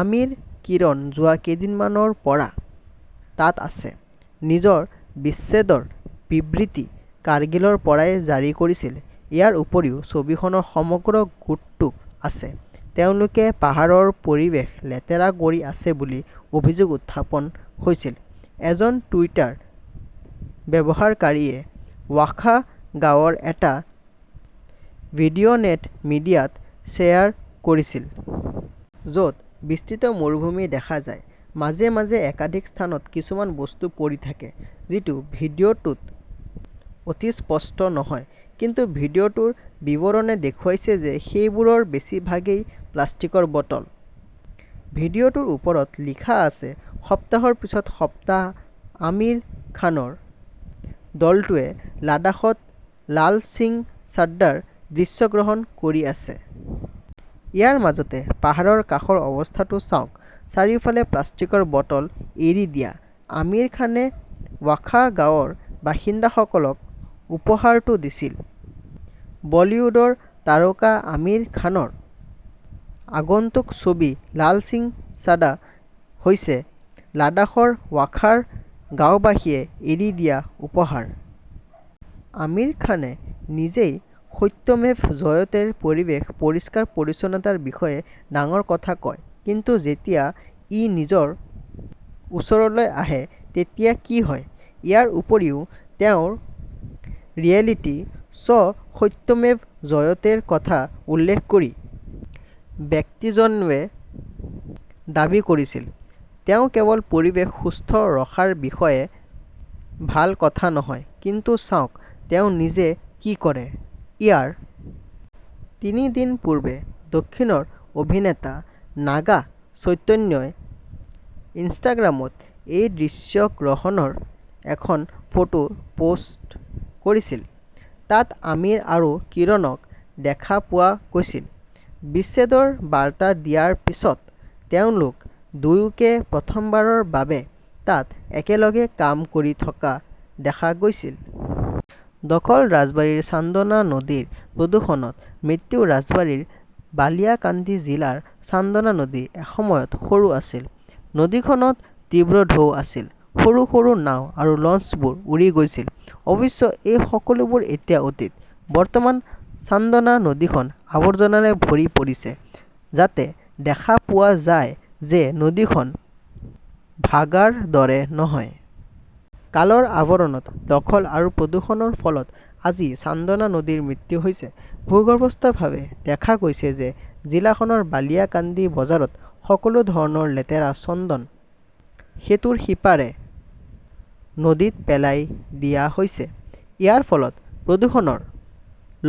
আমিৰ, কিৰণ যোৱা কেইদিনমানৰ পৰা তাত আছে। নিজৰ বিচ্ছেদৰ বিবৃতি কাৰ্গিলৰ পৰাই জাৰি কৰিছিল। ইয়াৰ উপৰিও ছবিখনৰ সমগ্ৰ গোটটো আছে। তেওঁলোকে পাহাৰৰ পৰিৱেশ লেতেৰা কৰি আছে বুলি অভিযোগ উত্থাপন হৈছিল। এজন টুইটাৰ ব্যৱহাৰকাৰীয়ে ৱাখা গাঁৱৰ এটা ভিডিঅনেট মিডিয়াত শ্বেয়াৰ কৰিছিল। য'ত বিস্তৃত মৰুভূমি দেখা যায়। মাজে মাজে একাধিক স্থানত কিছুমান বস্তু পৰি থাকে। যিটো ভিডিঅটোত অতি স্পষ্ট নহয়। কিন্তু ভিডিঅটোৰ বিৱৰণে দেখুৱাইছে যে সেইবোৰৰ বেছিভাগেই প্লাষ্টিকৰ বটল। ভিডিঅ'টোৰ ওপৰত লিখা আছে, সপ্তাহৰ পিছত সপ্তাহ আমিৰ খানৰ দলটোৱে লাডাখত লাল সিং চাড্ডাৰ দৃশ্যগ্ৰহণ কৰি আছে। ইয়াৰ মাজতে পাহাৰৰ কাষৰ অৱস্থাটো চাওক। চাৰিওফালে প্লাষ্টিকৰ বটল এৰি দিয়া। আমিৰ খানে ৱাখা গাঁৱৰ বাসিন্দাসকলক উপহাৰটো দিছিল। বলীউডৰ তাৰকা আমিৰ খানৰ আগন্তুক ছবি লাল সিং চাডা হৈছে লাডাখৰ ৱাখাৰ গাওঁবাসীয়ে এৰি দিয়া উপহাৰ। আমিৰ খানে নিজেই সত্যমেভ জয়তেৰ পৰিৱেশ পৰিষ্কাৰ-পৰিচ্ছন্নতাৰ বিষয়ে ডাঙৰ কথা কয় কিন্তু যেতিয়া ই নিজৰ ওচৰলৈ আহে তেতিয়া কি হয়। ইয়াৰ উপৰিও তেওঁৰ ৰিয়েলিটি শ্ব সত্যমেব জয়তেৰ কথা উল্লেখ কৰি ব্যক্তিজনৱে দাবী কৰিছিল, তেওঁ কেৱল পৰিৱেশ সুস্থ ৰখাৰ বিষয়ে ভাল কথা কয়, কিন্তু চাওক তেওঁ নিজে কি কৰে। ইয়াৰ তিনি দিন পূৰ্বে দক্ষিণৰ অভিনেতা নাগা চৈতন্যই ইনষ্টাগ্ৰামত এই দৃশ্যগ্ৰহণৰ এখন ফটো পোষ্ট কৰিছিল। তাত আমিৰ আৰু কিৰণক দেখা পোৱা গৈছিল। বিচ্ছেদৰ বাৰ্তা দিয়াৰ পিছত তেওঁলোক দুয়োকে প্ৰথমবাৰৰ বাবে তাত একেলগে কাম কৰি থকা দেখা গৈছিল। দখল ৰাজবাৰীৰ চান্দনা নদীৰ প্ৰদূষণত মৃত্যু ৰাজবাৰীৰ বালিয়াকান্দি জিলাৰ চান্দনা নদী এসময়ত সৰু আছিল। নদীখনত তীব্ৰ ঢৌ আছিল। সৰু - সৰু নাও আৰু লঞ্চবোৰ উৰি গৈছিল। অৱশ্যে, এই সকলোবোৰ এতিয়া অতীত। বৰ্তমান, চান্দনা নদীখন আৱৰ্জনাৰে ভৰি পৰিছে যাতে দেখা পোৱা যায় যে নদীখন ভাগাৰ দৰে নহয়। কালৰ আৱৰণত দখল আৰু প্ৰদূষণৰ ফলত আজি চান্দনা নদীৰ মৃত্যু হৈছে। ভূগৰ্ভস্থভাৱে দেখা গৈছে যে জিলাখনৰ বালিয়াকান্দি বজাৰত সকলো ধৰণৰ লেতেৰা চন্দন সেতুৰ সিপাৰে নদীত পেলাই দিয়া হৈছে। ইয়াৰ ফলত প্ৰদূষণৰ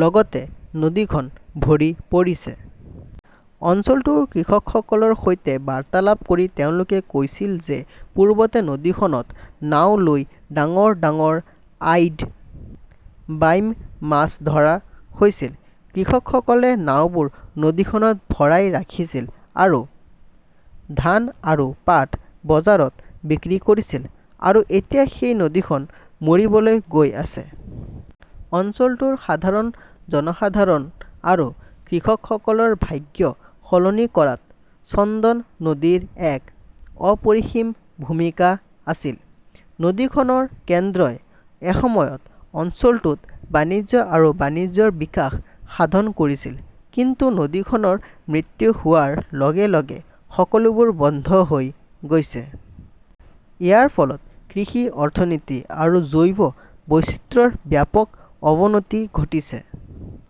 লগতে নদীখন ভৰি পৰিছে। অঞ্চলটোৰ কৃষকসকলৰ সৈতে বাৰ্তালাপ কৰি তেওঁলোকে কৈছিল যে পূৰ্বতে নদীখনত নাও লৈ ডাঙৰ - ডাঙৰ আইড, বাইম মাছ ধৰা হৈছিল। কৃষকসকলে নাওবোৰ নদীখনত ভৰাই ৰাখিছিল আৰু ধান আৰু পাট বজাৰত বিক্ৰী কৰিছিল। আৰু এতিয়া সেই নদীখন মৰিবলৈ গৈ আছে। অঞ্চলটোৰ সাধাৰণ জনসাধাৰণ আৰু কৃষকসকলৰ ভাগ্য সলনি কৰাত চন্দন নদীৰ এক অপৰিসীম ভূমিকা আছিল। নদীখনৰ কেন্দ্ৰই এসময়ত অঞ্চলটোত বাণিজ্য আৰু বাণিজ্যৰ বিকাশ সাধন কৰিছিল। কিন্তু নদীখনৰ মৃত্যু হোৱাৰ লগে - লগে সকলোবোৰ বন্ধ হৈ গৈছে। ইয়াৰ ফলত কৃষি অৰ্থনীতি আৰু জৈৱ বৈচিত্ৰ্যৰ ব্যাপক অৱনতি ঘটিছে।